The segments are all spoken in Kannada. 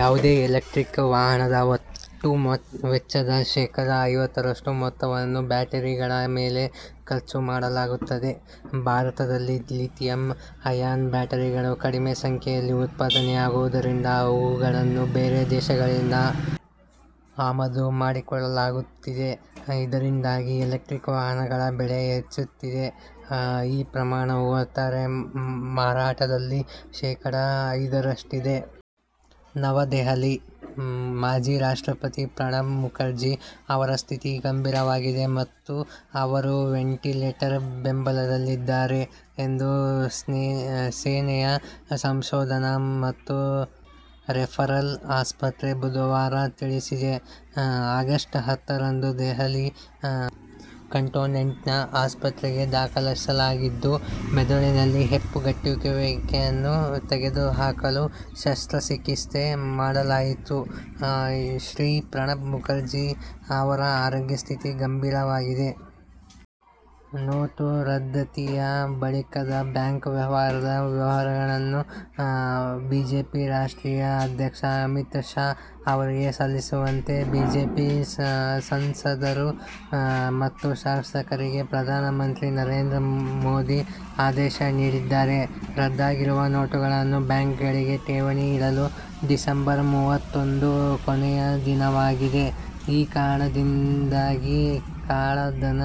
ಯಾವುದೇ ಎಲೆಕ್ಟ್ರಿಕ್ ವಾಹನದ ಒಟ್ಟು ವೆಚ್ಚದ ಶೇಖಡ ಐವತ್ತರಷ್ಟು ಮೊತ್ತವನ್ನು ಬ್ಯಾಟರಿಗಳ ಮೇಲೆ ಖರ್ಚು ಮಾಡಲಾಗುತ್ತದೆ. ಭಾರತದಲ್ಲಿ ಲಿಥಿಯಂ ಐಯಾನ್ ಬ್ಯಾಟರಿಗಳು ಕಡಿಮೆ ಸಂಖ್ಯೆಯಲ್ಲಿ ಉತ್ಪಾದನೆಯಾಗುವುದರಿಂದ ಅವುಗಳನ್ನು ಬೇರೆ ದೇಶಗಳಿಂದ ಆಮದು ಮಾಡಿಕೊಳ್ಳಲಾಗುತ್ತಿದೆ. ಇದರಿಂದಾಗಿ ಎಲೆಕ್ಟ್ರಿಕ್ ವಾಹನಗಳ ಬೆಲೆ ಹೆಚ್ಚುತ್ತಿದೆ. ಈ ಪ್ರಮಾಣವು ಒಟ್ಟಾರೆ ಮಾರಾಟದಲ್ಲಿ ಶೇಖಡ ಐದರಷ್ಟಿದೆ. ನವದೆಹಲಿ: ಮಾಜಿ ರಾಷ್ಟ್ರಪತಿ ಪ್ರಣಬ್ ಮುಖರ್ಜಿ ಅವರ ಸ್ಥಿತಿ ಗಂಭೀರವಾಗಿದೆ ಮತ್ತು ಅವರು ವೆಂಟಿಲೇಟರ್ ಬೆಂಬಲದಲ್ಲಿದ್ದಾರೆ ಎಂದು ಸೇನೆಯ ಸಂಶೋಧನಾ ಮತ್ತು ರೆಫರಲ್ ಆಸ್ಪತ್ರೆ ಬುಧವಾರ ತಿಳಿಸಿದೆ. ಆಗಸ್ಟ್ ಹತ್ತರಂದು ದೆಹಲಿ ಕಂಟೋನ್ಮೆಂಟ್ನ ಆಸ್ಪತ್ರೆಗೆ ದಾಖಲಿಸಲಾಗಿದ್ದು, ಮೆದುಳಿನಲ್ಲಿ ಹೆಪ್ಪುಗಟ್ಟುವಿಕೆಯನ್ನು ತೆಗೆದುಹಾಕಲು ಶಸ್ತ್ರಚಿಕಿತ್ಸೆ ಮಾಡಲಾಯಿತು. "ಶ್ರೀ. ಪ್ರಣಬ್ ಮುಖರ್ಜಿ ಅವರ ಆರೋಗ್ಯ ಸ್ಥಿತಿ ಗಂಭೀರವಾಗಿದೆ. ನೋಟು ರದ್ದತಿಯ ಬಳಿಕದ ಬ್ಯಾಂಕ್ ವ್ಯವಹಾರದ ವಿವರವನ್ನು ಬಿಜೆಪಿ ರಾಷ್ಟ್ರೀಯ ಅಧ್ಯಕ್ಷ ಅಮಿತ್ ಶಾ ಅವರಿಗೆ ಸಲ್ಲಿಸುವಂತೆ ಬಿಜೆಪಿ ಸಂಸದರು ಮತ್ತು ಶಾಸಕರಿಗೆ ಪ್ರಧಾನ ಮಂತ್ರಿ ನರೇಂದ್ರ ಮೋದಿ ಆದೇಶ ನೀಡಿದ್ದಾರೆ. ರದ್ದಾಗಿರುವ ನೋಟುಗಳನ್ನು ಬ್ಯಾಂಕ್ಗಳಿಗೆ ಠೇವಣಿ ಇಡಲು ಡಿಸೆಂಬರ್ ಮೂವತ್ತೊಂದು ಕೊನೆಯ ದಿನವಾಗಿದೆ. ಈ ಕಾರಣದಿಂದಾಗಿ ಕಾಳ ಧನ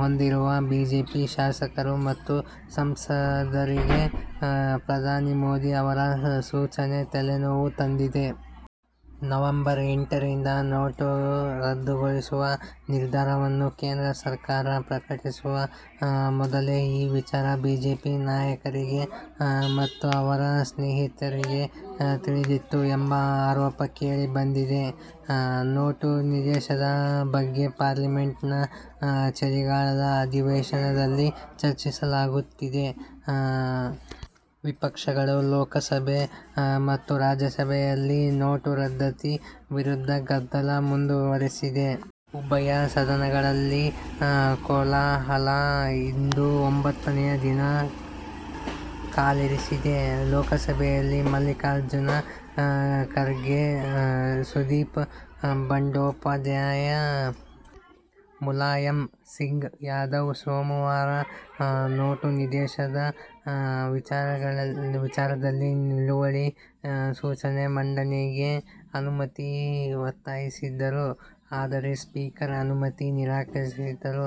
ಹೊಂದಿರುವ ಬಿಜೆಪಿ ಶಾಸಕರು ಮತ್ತು ಸಂಸದರಿಗೆ ಪ್ರಧಾನಿ ಮೋದಿ ಅವರ ಸೂಚನೆ ತಲೆನೋವು ತಂದಿದೆ. ನವಂಬರ್ ಎಂಟರಿಂದ ನೋಟು ರದ್ದುಗೊಳಿಸುವ ನಿರ್ಧಾರವನ್ನು ಕೇಂದ್ರ ಸರಕಾರ ಪ್ರಕಟಿಸುವ ಮೊದಲೇ ಈ ವಿಚಾರ ಬಿಜೆಪಿ ನಾಯಕರಿಗೆ ಮತ್ತು ಅವರ ಸ್ನೇಹಿತರಿಗೆ ತಿಳಿದಿತ್ತು ಎಂಬ ಆರೋಪ ಕೇಳಿ ಬಂದಿದೆ. ನೋಟು ನಿಷೇಧದ ಬಗ್ಗೆ ಪಾರ್ಲಿಮೆಂಟ್ ನ ಚಳಿಗಾಲದ ಅಧಿವೇಶನದಲ್ಲಿ ಚರ್ಚಿಸಲಾಗುತ್ತಿದೆ. ವಿಪಕ್ಷಗಳು ಲೋಕಸಭೆ ಮತ್ತು ರಾಜ್ಯಸಭೆಯಲ್ಲಿ ನೋಟು ರದ್ದತಿ ವಿರುದ್ಧ ಗದ್ದಲ ಮುಂದುವರಿಸಿದೆ. ಉಭಯ ಸದನಗಳಲ್ಲಿ ಕೋಲಾಹಲ ಇಂದು ಒಂಭತ್ತನೇ ದಿನಕ್ಕೆ ಕಾಲಿರಿಸಿದೆ. ಲೋಕಸಭೆಯಲ್ಲಿ ಮಲ್ಲಿಕಾರ್ಜುನ ಖರ್ಗೆ ಸುದೀಪ್ ಬಂಡೋಪಾಧ್ಯಾಯ, ಮುಲಾಯಂ ಸಿಂಗ್ ಯಾದವ್ ಸೋಮವಾರ ನೋಟು ನಿಷೇಧದ ವಿಚಾರದಲ್ಲಿ ನಿಲುವಳಿ ಸೂಚನೆ ಮಂಡನೆಗೆ ಅನುಮತಿಗೆ ಒತ್ತಾಯಿಸಿದ್ದರು. ಆದರೆ ಸ್ಪೀಕರ್ ಅನುಮತಿ ನಿರಾಕರಿಸಿದ್ದರು.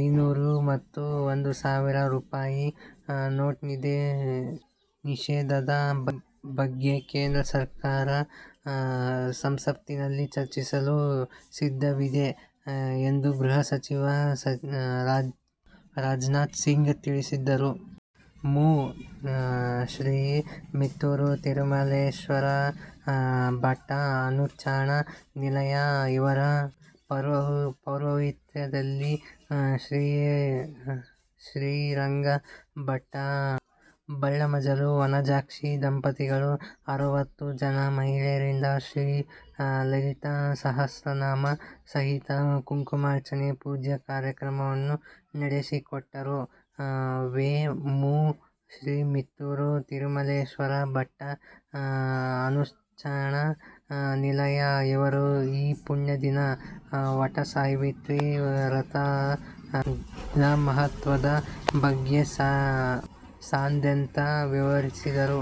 ಐನೂರು ಮತ್ತು ಒಂದು ಸಾವಿರ ರೂಪಾಯಿ ನೋಟ್ ನಿಷೇಧದ ಬಗ್ಗೆ ಕೇಂದ್ರ ಸರಕಾರ ಸಂಸತ್ತಿನಲ್ಲಿ ಚರ್ಚಿಸಲು ಸಿದ್ಧವಿದೆ ಎಂದು ಗೃಹ ಸಚಿವ ರಾಜ್ನಾಥ್ ಸಿಂಗ್ ತಿಳಿಸಿದ್ದರು. ಮೂ. ಶ್ರೀ ಮಿತ್ತೂರು ತಿರುಮಲೇಶ್ವರ ಭಟ್ಟ, ಅನೂಚಾನ ನಿಲಯ ಇವರ ಪೌರೋಹಿತ್ಯದಲ್ಲಿ, ಶ್ರೀ ಶ್ರೀರಂಗ ಭಟ್ಟ ಬಳ್ಳಮಜಲು, ವನಜಾಕ್ಷಿ ದಂಪತಿಗಳು ಅರುವತ್ತು ಜನ ಮಹಿಳೆಯರಿಂದ ಶ್ರೀ ಲಲಿತಾಸಹಸ್ರನಾಮ ಸಹಿತ ಕುಂಕುಮಾರ್ಚನೆ ಪೂಜೆ ಕಾರ್ಯಕ್ರಮವನ್ನು ನಡೆಸಿಕೊಟ್ಟರು. ವೇ. ಮೂ. ಶ್ರೀ ಮಿತ್ತೂರು ತಿರುಮಲೇಶ್ವರ ಭಟ್ಟ, ಅನೂಚಾನ ನಿಲಯ ಇವರು ಈ ಪುಣ್ಯದಿನ "ವಟ ಸಾವಿತ್ರೀ ವ್ರತ"ದ ಮಹತ್ವದ ಬಗ್ಗೆ ಸಾದ್ಯಂತ ವಿವರಿಸಿದರು.